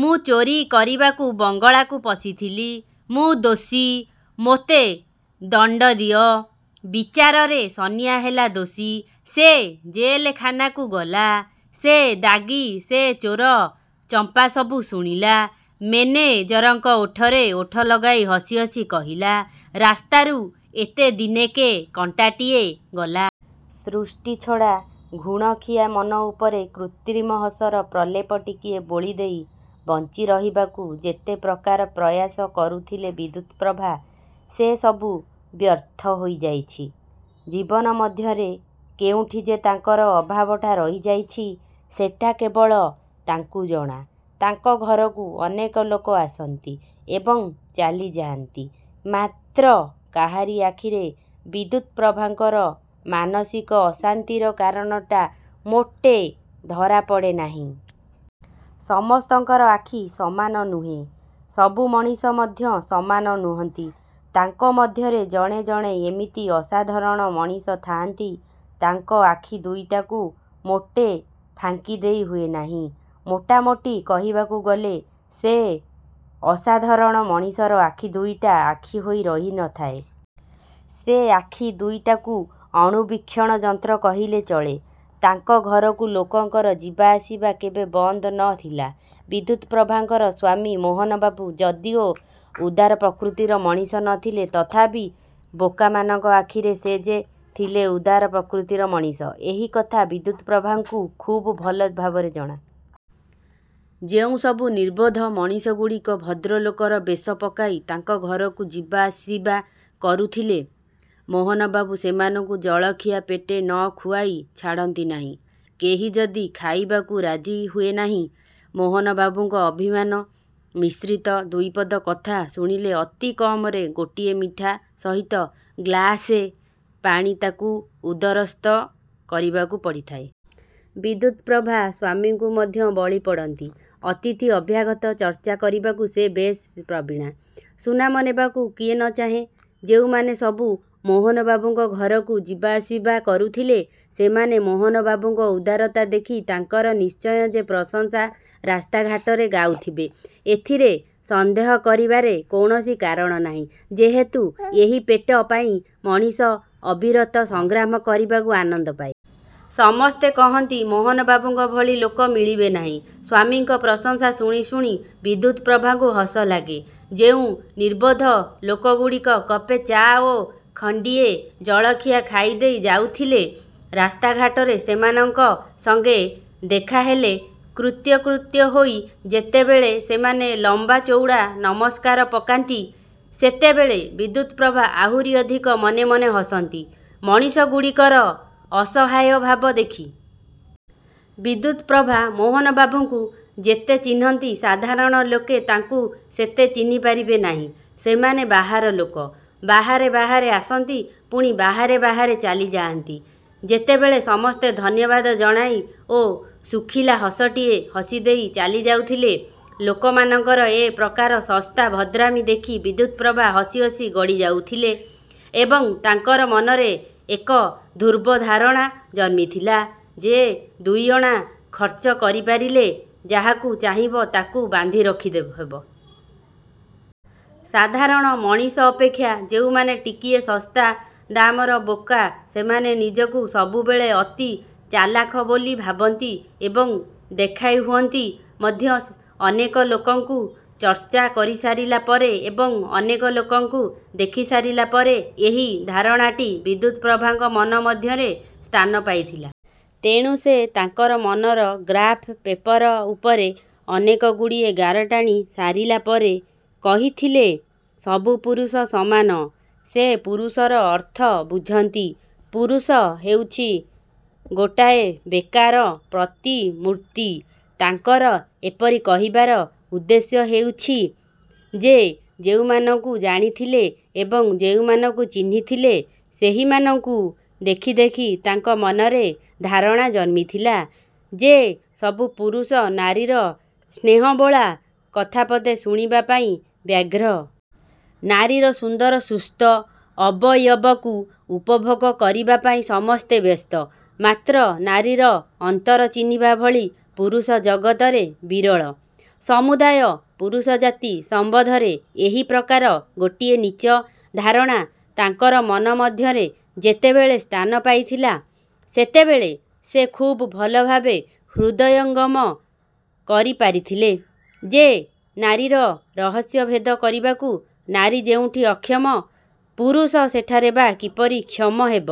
ମୁଁ ଚୋରୀ କରିବାକୁ ବଙ୍ଗଳାକୁ ପଶିଥିଲି। ମୁଁ ଦୋଷୀ। ମୋତେ ଦଣ୍ଡ ଦିଅ। '' ବିଚାରରେ ସନିଆ ହେଲା ଦୋଷୀ। ସେ ଜେଲଖାନାକୁ ଗଲା। ସେ ଦାଗୀ, ସେ ଚୋର। ଚମ୍ପା ସବୁ ଶୁଣିଲା। ମେନେଜରଙ୍କ ଓଠରେ ଓଠ ଲଗାଇ ହସି ହସି କହିଲା, ''ରାସ୍ତାରୁ ଏତେ ଦିନକେ କଣ୍ଟାଟାଏ ଗଲା। '' ସୃଷ୍ଟି ଛଡ଼ା ଘୁଣଖିଆ ମନ ଉପରେ କୃତ୍ରିମ ହସର ପ୍ରଲେପ ଟିକିଏ ବୋଳିଦେଇ ବଞ୍ଚିରହିବାକୁ ଯେତେ ପ୍ରକାର ପ୍ରୟାସ କରୁଥିଲେ ବିଦ୍ୟୁପ୍ରଭା ସେ ସବୁ ବ୍ୟର୍ଥ ହୋଇଯାଇଛି। ଜୀବନ ମଧ୍ୟରେ କେଉଁଠି ଯେ ତାଙ୍କର ଅଭାବଟା ରହିଯାଇଛି ସେଟା କେବଳ ତାଙ୍କୁ ଜଣା। ତାଙ୍କ ଘରକୁ ଅନେକ ଲୋକ ଆସନ୍ତି ଏବଂ ଚାଲିଯାଆନ୍ତି, ମାତ୍ର କାହାରି ଆଖିରେ ବିଦ୍ୟୁପ୍ରଭାଙ୍କର ମାନସିକ ଅଶାନ୍ତିର କାରଣଟା ମୋଟେ ଧରାପଡ଼େ ନାହିଁ। ସମସ୍ତଙ୍କର ଆଖି ସମାନ ନୁହେଁ। ସବୁ ମଣିଷ ମଧ୍ୟ ସମାନ ନୁହଁନ୍ତି। ତାଙ୍କ ମଧ୍ୟରେ ଜଣେ ଜଣେ ଏମିତି ଅସାଧାରଣ ମଣିଷ ଥାଆନ୍ତି ତାଙ୍କ ଆଖି ଦୁଇଟାକୁ ମୋଟେ ଫାଙ୍କିଦେଇ ହୁଏ ନାହିଁ। ମୋଟାମୋଟି କହିବାକୁ ଗଲେ। ସେ ଅସାଧାରଣ ମଣିଷର ଆଖି ଦୁଇଟା ଆଖି ହୋଇ ରହିନଥାଏ-। ସେ ଆଖି ଦୁଇଟାକୁ ଅଣୁବୀକ୍ଷଣଯନ୍ତ୍ର କହିଲେ ଚଳେ। ତାଙ୍କ ଘରକୁ ଲୋକଙ୍କର ଯିବାଆସିବା କେବେ ବନ୍ଦ ନ ଥିଲା। ବିଦ୍ୟୁପ୍ରଭାଙ୍କର ସ୍ୱାମୀ ମୋହନବାବୁ ଯଦିଓ ଉଦାର ପ୍ରକୃତିର ମଣିଷ ନ ଥିଲେ ତଥାପି ବୋକାମାନଙ୍କ ଆଖିରେ ସେ ଯେ ଥିଲେ ଉଦାର ପ୍ରକୃତିର ମଣିଷ ଏହି କଥା ବିଦ୍ୟୁପ୍ରଭାଙ୍କୁ ଖୁବ୍ ଭଲ ଭାବରେ ଜଣା। ଯେଉଁସବୁ ନିର୍ବୋଧ ମଣିଷଗୁଡ଼ିକ ଭଦ୍ରଲୋକର ବେଶ ପକାଇ ତାଙ୍କ ଘରକୁ ଯିବାଆସିବା କରୁଥିଲେ ମୋହନବାବୁ ସେମାନଙ୍କୁ ଜଳଖିଆ ପେଟେ ନ ଖୁଆଇ ଛାଡ଼ନ୍ତି ନାହିଁ। କେହି ଯଦି ଖାଇବାକୁ ରାଜି ହୁଏ ନାହିଁ ମୋହନବାବୁଙ୍କ ଅଭିମାନ ମିଶ୍ରିତ ଦୁଇପଦ କଥା ଶୁଣିଲେ ଅତି କମରେ ଗୋଟିଏ ମିଠା ସହିତ ଗ୍ଲାସେ ପାଣି ତାକୁ ଉଦରସ୍ଥ କରିବାକୁ ପଡ଼ିଥାଏ। ବିଦ୍ୟୁପ୍ରଭା ସ୍ୱାମୀଙ୍କୁ ମଧ୍ୟ ବଳିପଡ଼ନ୍ତି। ଅତିଥି, ଅଭ୍ୟାଗତ ଚର୍ଚ୍ଚା କରିବାକୁ ସେ ବେଶ୍ ପ୍ରବୀଣା। ସୁନାମ ନେବାକୁ କିଏ ନ ଚାହେଁ? ଯେଉଁମାନେ ସବୁ ମୋହନବାବୁଙ୍କ ଘରକୁ ଯିବା ଆସିବା କରୁଥିଲେ ସେମାନେ ମୋହନବାବୁଙ୍କ ଉଦାରତା ଦେଖି ତାଙ୍କର ନିଶ୍ଚୟ ଯେ ପ୍ରଶଂସା ରାସ୍ତାଘାଟରେ ଗାଉଥିବେ ଏଥିରେ ସନ୍ଦେହ କରିବାରେ କୌଣସି କାରଣ ନାହିଁ, ଯେହେତୁ ଏହି ପେଟ ପାଇଁ ମଣିଷ ଅବିରତ ସଂଗ୍ରାମ କରିବାକୁ ଆନନ୍ଦ ପାଏ। ସମସ୍ତେ କହନ୍ତି ମୋହନବାବୁଙ୍କ ଭଳି ଲୋକ ମିଳିବେ ନାହିଁ। ସ୍ଵାମୀଙ୍କ ପ୍ରଶଂସା ଶୁଣି ଶୁଣି ବିଦ୍ୟୁପ୍ରଭାଙ୍କୁ ହସ ଲାଗେ। ଯେଉଁ ନିର୍ବୋଧ ଲୋକଗୁଡ଼ିକ କପେ ଚା' ଓ ଗଣ୍ଡିଏ ଜଳଖିଆ ଖାଇଦେଇ ଯାଉଥିଲେ ରାସ୍ତାଘାଟରେ ସେମାନଙ୍କ ସଙ୍ଗେ ଦେଖାହେଲେ କୃତ୍ୟକୃତ୍ୟ ହୋଇ ଯେତେବେଳେ ସେମାନେ ଲମ୍ବା ଚୌଡ଼ା ନମସ୍କାର ପକାନ୍ତି ସେତେବେଳେ ବିଦ୍ୟୁପ୍ରଭା ଆହୁରି ଅଧିକ ମନେମନେ ହସନ୍ତି ମଣିଷଗୁଡ଼ିକର ଅସହାୟଭାବ ଦେଖି। ବିଦ୍ୟୁପ୍ରଭା ମୋହନବାବୁଙ୍କୁ ଯେତେ ଚିହ୍ନନ୍ତି ସାଧାରଣ ଲୋକେ ତାଙ୍କୁ ସେତେ ଚିହ୍ନିପାରିବେ ନାହିଁ। ସେମାନେ ବାହାର ଲୋକ। ବାହାରେ ବାହାରେ ଆସନ୍ତି, ପୁଣି ବାହାରେ ବାହାରେ ଚାଲିଯାଆନ୍ତି। ଯେତେବେଳେ ସମସ୍ତେ ଧନ୍ୟବାଦ ଜଣାଇ ଓ ଶୁଖିଲା ହସଟିଏ ହସିଦେଇ ଚାଲିଯାଉଥିଲେ। ଲୋକମାନଙ୍କର ଏ ପ୍ରକାର ଶସ୍ତା ଭଦ୍ରାମି ଦେଖି ବିଦ୍ୟୁପ୍ରଭା ହସି ହସି ଗଡ଼ିଯାଉଥିଲେ ଏବଂ ତାଙ୍କର ମନରେ ଏକ ଧ୍ରୁବ ଧାରଣା ଜନ୍ମିଥିଲା ଯେ ଦୁଇଅଣା ଖର୍ଚ୍ଚ କରିପାରିଲେ ଯାହାକୁ ଚାହିଁବ ତାକୁ ବାନ୍ଧି ରଖିହେବ। ସାଧାରଣ ମଣିଷ ଅପେକ୍ଷା ଯେଉଁମାନେ ଟିକିଏ ଶସ୍ତା ଦାମର ବୋକା ସେମାନେ ନିଜକୁ ସବୁବେଳେ ଅତି ଚାଲାକ ବୋଲି ଭାବନ୍ତି ଏବଂ ଦେଖାଇ ହୁଅନ୍ତି ମଧ୍ୟ। ଅନେକ ଲୋକଙ୍କୁ ଚର୍ଚ୍ଚା କରିସାରିଲା ପରେ ଏବଂ ଅନେକ ଲୋକଙ୍କୁ ଦେଖିସାରିଲା ପରେ ଏହି ଧାରଣାଟି ବିଦ୍ୟୁପ୍ରଭାଙ୍କ ମନ ମଧ୍ୟରେ ସ୍ଥାନ ପାଇଥିଲା। ତେଣୁ ସେ ତାଙ୍କର ମନର ଗ୍ରାଫ୍ ପେପାର ଉପରେ ଅନେକଗୁଡ଼ିଏ ଗାର ଟାଣି ସାରିଲା ପରେ କହିଥିଲେ, ''ସବୁ ପୁରୁଷ ସମାନ। '' ସେ ପୁରୁଷର ଅର୍ଥ ବୁଝନ୍ତି। ପୁରୁଷ ହେଉଛି ଗୋଟାଏ ବୋକାର ପ୍ରତିମୂର୍ତ୍ତି। ତାଙ୍କର ଏପରି କହିବାର ଉଦ୍ଦେଶ୍ୟ ହେଉଛି ସେ ଯେଉଁମାନଙ୍କୁ ଜାଣିଥିଲେ ଏବଂ ଯେଉଁମାନଙ୍କୁ ଚିହ୍ନିଥିଲେ ସେହିମାନଙ୍କୁ ଦେଖି ଦେଖି ତାଙ୍କ ମନରେ ଧାରଣା ଜନ୍ମିଥିଲା ଯେ ସବୁ ପୁରୁଷ ନାରୀର ସ୍ନେହବୋଳା କଥାପଦେ ଶୁଣିବା ପାଇଁ ବ୍ୟଗ୍ର। ନାରୀର ସୁନ୍ଦର ସୁସ୍ଥ ଅବୟବକୁ ଉପଭୋଗ କରିବାପାଇଁ ସମସ୍ତେ ବ୍ୟସ୍ତ। ମାତ୍ର ନାରୀର ଅନ୍ତର ଚିହ୍ନିବା ଭଳି ପୁରୁଷ ଜଗତରେ ବିରଳ। ସମୁଦାୟ ପୁରୁଷ ଜାତି ସମ୍ବନ୍ଧରେ ଏହି ପ୍ରକାର ଗୋଟିଏ ନୀଚ ଧାରଣା ତାଙ୍କର ମନ ମଧ୍ୟରେ ଯେତେବେଳେ ସ୍ଥାନପାଇଥିଲା ସେତେବେଳେ ସେ ଖୁବ୍ ଭଲଭାବେ ହୃଦୟଙ୍ଗମ କରିପାରିଥିଲେ ଯେ ନାରୀର ରହସ୍ୟ ଭେଦ କରିବାକୁ ନାରୀ ଯେଉଁଠି ଅକ୍ଷମ ପୁରୁଷ ସେଠାରେ ବା କିପରି କ୍ଷମ ହେବ?